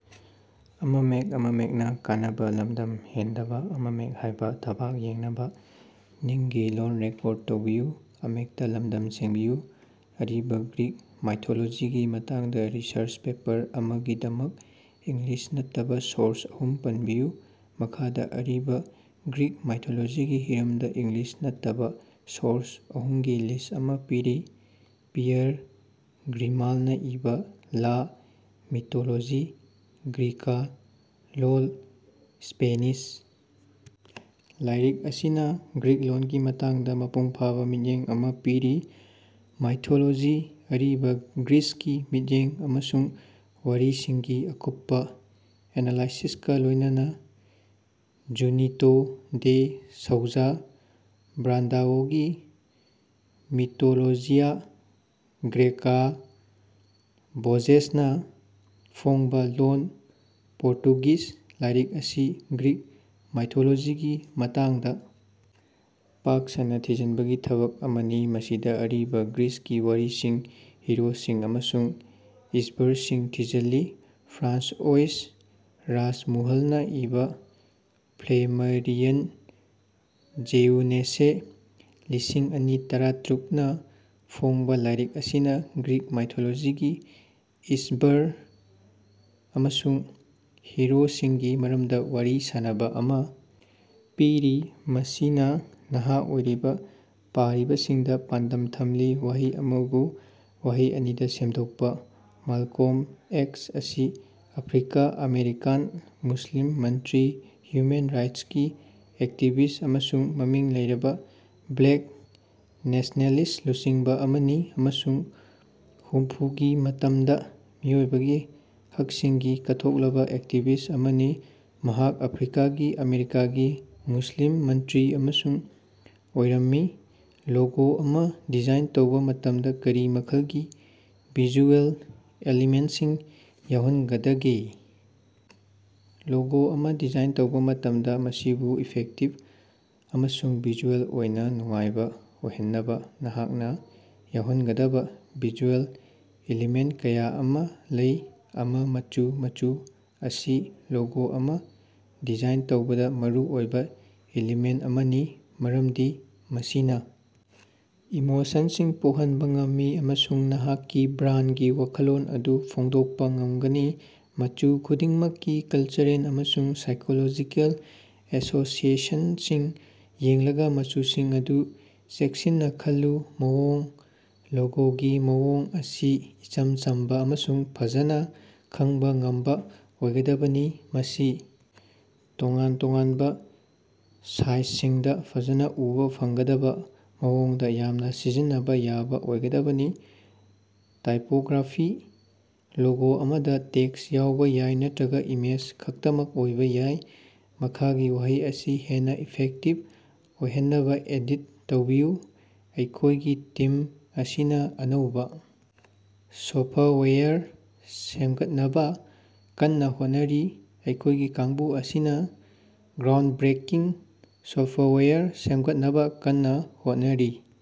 ꯑꯔꯤꯕꯥ ꯒ꯭ꯔꯤꯛ ꯃꯥꯏꯊꯣꯂꯣꯖꯤꯒꯤ ꯃꯇꯥꯡꯗ ꯔꯤꯁꯔꯁ ꯄꯦꯄꯔ ꯑꯃꯒꯤꯗꯃꯛ ꯏꯪꯂꯤꯁ ꯅꯠꯇꯕꯥ ꯁꯣꯔꯁ ꯑꯍꯨꯝ ꯄꯟꯕꯤꯌꯨ꯫ ꯃꯈꯥꯗ ꯑꯔꯤꯕꯥ ꯒ꯭ꯔꯤꯛ ꯃꯥꯏꯊꯣꯂꯣꯖꯤꯒꯤ ꯍꯤꯔꯝꯗꯥ ꯏꯪꯂꯤꯁ ꯅꯠꯇꯕꯥ ꯁꯣꯔꯁ ꯑꯍꯨꯝꯒꯤ ꯂꯤꯁ ꯑꯃ ꯄꯤꯔꯤ: ꯄꯤꯌꯔ ꯒ꯭ꯔꯤꯃꯥꯜꯅꯥ ꯏꯕꯥ "ꯂꯥ ꯃꯤꯇꯣꯂꯣꯖꯤ ꯒ꯭ꯔꯤꯒꯥ" ( ꯂꯣꯜ: ꯁ꯭ꯄꯦꯅꯤꯁ) ꯂꯥꯏꯔꯤꯛ ꯑꯁꯤꯅꯥ ꯒ꯭ꯔꯤꯛ ꯂꯣꯟꯒꯤ ꯃꯇꯥꯡꯗ ꯃꯄꯨꯡꯐꯥꯕ ꯃꯤꯠꯌꯦꯡ ꯑꯃ ꯄꯤꯔꯤ꯫ ꯃꯥꯏꯊꯣꯂꯣꯖꯤ, ꯑꯔꯤꯕꯥ ꯒ꯭ꯔꯤꯁꯀꯤ ꯃꯤꯠꯌꯦꯡ ꯑꯃꯁꯨꯡ ꯋꯥꯔꯤꯁꯤꯡꯒꯤ ꯑꯀꯨꯞꯄꯥ ꯑꯦꯅꯥꯂꯥꯏꯁꯤꯁꯀꯥ ꯂꯣꯏꯅꯅꯥ꯫ ꯖꯨꯅꯤꯇꯣ ꯗꯦ ꯁꯧꯖꯥ ꯕ꯭ꯔꯥꯟꯗꯑꯣꯒꯤ "ꯃꯤꯇꯣꯂꯣꯖꯤꯌꯥ ꯒ꯭ꯔꯦꯒꯥ", (ꯚꯣꯖꯦꯁꯅꯥ ꯐꯣꯡꯕꯥ, ꯂꯣꯜ: ꯄꯣꯔꯇꯨꯒꯤꯖ) ꯂꯥꯏꯔꯤꯛ ꯑꯁꯤ ꯒ꯭ꯔꯤꯛ ꯃꯥꯏꯊꯣꯂꯣꯖꯤꯒꯤ ꯃꯇꯥꯡꯗ ꯄꯥꯛ ꯁꯟꯅꯥ ꯊꯤꯖꯤꯟꯕꯒꯤ ꯊꯕꯛ ꯑꯃꯅꯤ, ꯃꯁꯤꯗꯥ ꯑꯔꯤꯕꯥ ꯒ꯭ꯔꯤꯁꯀꯤ ꯋꯥꯔꯤꯁꯤꯡ, ꯍꯤꯔꯣꯁꯤꯡ ꯑꯃꯁꯨꯡ ꯏꯁ꯭ꯕꯔꯁꯤꯡ ꯊꯤꯖꯤꯜꯂꯤ꯫ ꯐ꯭ꯔꯥꯟꯁꯑꯣꯏꯁ ꯔꯥꯁꯃꯨꯍꯜꯅꯥ ꯏꯕꯥ (ꯐ꯭ꯂꯦꯃꯔꯤꯌꯟ ꯖꯦꯎꯅꯦꯁꯦ, ꯂꯤꯁꯤꯡ ꯑꯅꯤ ꯇꯔꯥꯇꯔꯨꯛꯅꯥ ꯐꯣꯡꯕꯥ) ꯂꯥꯏꯔꯤꯛ ꯑꯁꯤꯅꯥ ꯒ꯭ꯔꯤꯛ ꯃꯥꯏꯊꯣꯂꯣꯖꯤꯒꯤ ꯏꯁ꯭ꯕꯔ ꯑꯃꯁꯨꯡ ꯍꯤꯔꯣꯁꯤꯡꯒꯤ ꯃꯔꯝꯗꯥ ꯋꯥꯔꯤ ꯁꯥꯅꯕꯥ ꯑꯃꯥ ꯄꯤꯔꯤ, ꯃꯁꯤꯅꯥ ꯅꯍꯥ ꯑꯣꯏꯔꯤꯕꯥ ꯄꯥꯔꯤꯕꯁꯤꯡꯗꯥ ꯄꯥꯟꯗꯝ ꯊꯝꯂꯤ꯫ ꯋꯥꯍꯩ ꯑꯃꯕꯨ ꯋꯥꯍꯩ ꯑꯅꯤꯗꯥ ꯁꯦꯝꯗꯣꯛꯄꯥ꯫ ꯃꯥꯜꯀꯣꯝ ꯑꯦꯛꯁ ꯑꯁꯤ ꯑꯐ꯭ꯔꯤꯀꯥ-ꯑꯥꯃꯦꯔꯤꯀꯥꯟ ꯃꯨꯁꯂꯤꯝ ꯃꯟꯇ꯭ꯔꯤ, ꯍ꯭ꯌꯨꯃꯦꯟ ꯔꯥꯏꯠꯁꯀꯤ ꯑꯦꯛꯇꯤꯕꯤꯁ ꯑꯃꯁꯨꯡ ꯃꯃꯤꯡ ꯂꯩꯔꯕꯥ ꯕ꯭ꯂꯦꯛ ꯅꯦꯁ꯭ꯅꯦꯂꯤꯁ꯭ꯠ ꯂꯨꯆꯤꯡꯕꯥ ꯑꯃꯅꯤ ꯑꯃꯁꯨꯡ ꯍꯨꯝꯐꯨꯒꯤ ꯃꯇꯝꯗꯥ ꯃꯤꯑꯣꯏꯕꯒꯤ ꯍꯛꯁꯤꯡꯒꯤ ꯀꯠꯊꯣꯛꯂꯕꯥ ꯑꯦꯛꯇꯤꯕꯤꯁ ꯑꯃꯅꯤ꯫ ꯃꯍꯥꯛ ꯑꯐ꯭ꯔꯤꯀꯥꯒꯤ ꯑꯃꯦꯔꯤꯀꯥꯒꯤ ꯃꯨꯁꯂꯤꯝ ꯃꯟꯇ꯭ꯔꯤ ꯑꯃꯁꯨ ꯑꯣꯏꯔꯝꯃꯤ꯫ ꯂꯣꯒꯣ ꯑꯃ ꯗꯤꯖꯥꯏꯟ ꯇꯧꯕ ꯃꯇꯝꯗꯥ ꯀꯔꯤ ꯃꯈꯜꯒꯤ ꯚꯤꯖꯨꯑꯦꯜ ꯑꯦꯂꯤꯃꯦꯟꯁꯤꯡ ꯌꯥꯎꯍꯟꯒꯗꯒꯦ? ꯂꯣꯒꯣ ꯑꯃ ꯗꯤꯖꯥꯏꯟ ꯇꯧꯕ ꯃꯇꯝꯗꯥ, ꯃꯁꯤꯕꯨ ꯏꯐꯦꯛꯇꯤꯕ ꯑꯃꯁꯨꯡ ꯚꯤꯖꯨꯑꯦꯜ ꯑꯣꯏꯅ ꯅꯨꯡꯉꯥꯏꯕꯥ ꯑꯣꯏꯍꯟꯅꯕꯥ ꯅꯍꯥꯛꯅꯥ ꯌꯥꯎꯍꯟꯒꯗꯕꯥ ꯚꯤꯖꯨꯑꯦꯜ ꯏꯂꯤꯃꯦꯟ ꯀꯌꯥ ꯑꯃꯥ ꯂꯩ: ꯑꯃ. ꯃꯆꯨ: ꯃꯆꯨ ꯑꯁꯤ ꯂꯣꯒꯣ ꯑꯃ ꯗꯤꯖꯥꯏꯟ ꯇꯧꯕꯗꯥ ꯃꯔꯨ ꯑꯣꯏꯕ ꯏꯂꯤꯃꯦꯟ ꯑꯃꯅꯤ ꯃꯔꯝꯗꯤ ꯃꯁꯤꯅ ꯏꯃꯣꯁꯟꯁꯤꯡ ꯄꯣꯛꯍꯟꯕꯥ ꯉꯝꯃꯤ ꯑꯃꯁꯨꯡ ꯅꯍꯥꯛꯀꯤ ꯕ꯭ꯔꯥꯟꯒꯤ ꯋꯥꯈꯜꯂꯣꯟ ꯑꯗꯨ ꯐꯣꯡꯗꯣꯛꯄꯥ ꯉꯝꯃꯒꯅꯤ꯫ ꯃꯆꯨ ꯈꯨꯗꯤꯡꯃꯛꯀꯤ ꯀꯜꯆꯔꯦꯜ ꯑꯃꯁꯨꯡ ꯁꯥꯏꯀꯣꯂꯣꯖꯤꯀꯦꯜ ꯑꯦꯁꯣꯁꯤꯑꯦꯁꯟꯁꯤꯡ ꯌꯦꯡꯂꯒꯥ ꯃꯆꯨꯁꯤꯡ ꯑꯗꯨ ꯆꯦꯛꯁꯤꯟꯅꯥ ꯈꯜꯂꯨ꯫ ꯃꯑꯣꯡ: ꯂꯣꯒꯣꯒꯤ ꯃꯑꯣꯡ ꯑꯁꯤ ꯏꯆꯝ ꯆꯝꯕꯥ ꯑꯃꯁꯨꯡ ꯐꯖꯅꯥ ꯈꯪꯕꯥ ꯉꯝꯕꯥ ꯑꯣꯏꯒꯗꯕꯅꯤ꯫ ꯃꯁꯤ ꯇꯣꯉꯥꯟ-ꯇꯣꯉꯥꯟꯕꯥ ꯁꯥꯏꯖꯁꯤꯡꯗꯥ ꯐꯖꯅꯥ ꯎꯕꯥ ꯐꯪꯒꯗꯕꯥ ꯃꯑꯣꯡꯗꯥ ꯌꯥꯝꯅ ꯁꯤꯖꯤꯟꯅꯕ ꯌꯥꯕ ꯑꯣꯏꯒꯗꯕꯅꯤ꯫ ꯇꯥꯏꯄꯣꯒ꯭ꯔꯥꯐꯤ: ꯂꯣꯒꯣ ꯑꯃꯗꯥ ꯇꯦꯛꯁ ꯌꯥꯎꯕꯥ ꯌꯥꯏ ꯅꯠꯇ꯭ꯔꯒꯥ ꯏꯃꯦꯖ ꯈꯛꯇꯃꯛ ꯑꯣꯏꯕ ꯌꯥꯏ꯫ ꯃꯈꯥꯒꯤ ꯋꯥꯍꯩ ꯑꯁꯤ ꯍꯦꯟꯅꯥ ꯏꯐꯦꯛꯇꯤꯕ ꯑꯣꯏꯍꯟꯅꯕꯥ ꯑꯦꯗꯤꯠ ꯇꯧꯕꯤꯌꯨ: "ꯑꯩꯈꯣꯏꯒꯤ ꯇꯤꯝ ꯑꯁꯤꯅꯥ ꯑꯅꯧꯕꯥ ꯁꯣꯐꯋꯦꯌꯔ ꯁꯦꯝꯒꯠꯅꯕꯥ ꯀꯟꯅꯥ ꯍꯣꯠꯅꯔꯤ꯫" ꯑꯩꯈꯣꯏꯒꯤ ꯀꯥꯡꯕꯨ ꯑꯁꯤꯅꯥ ꯒ꯭ꯔꯥꯎꯟꯕ꯭ꯔꯦꯀꯤꯡ ꯁꯣꯐꯋꯦꯌꯔ ꯁꯦꯝꯒꯠꯅꯕꯥ ꯀꯟꯅꯥ ꯍꯣꯠꯅꯔꯤ꯫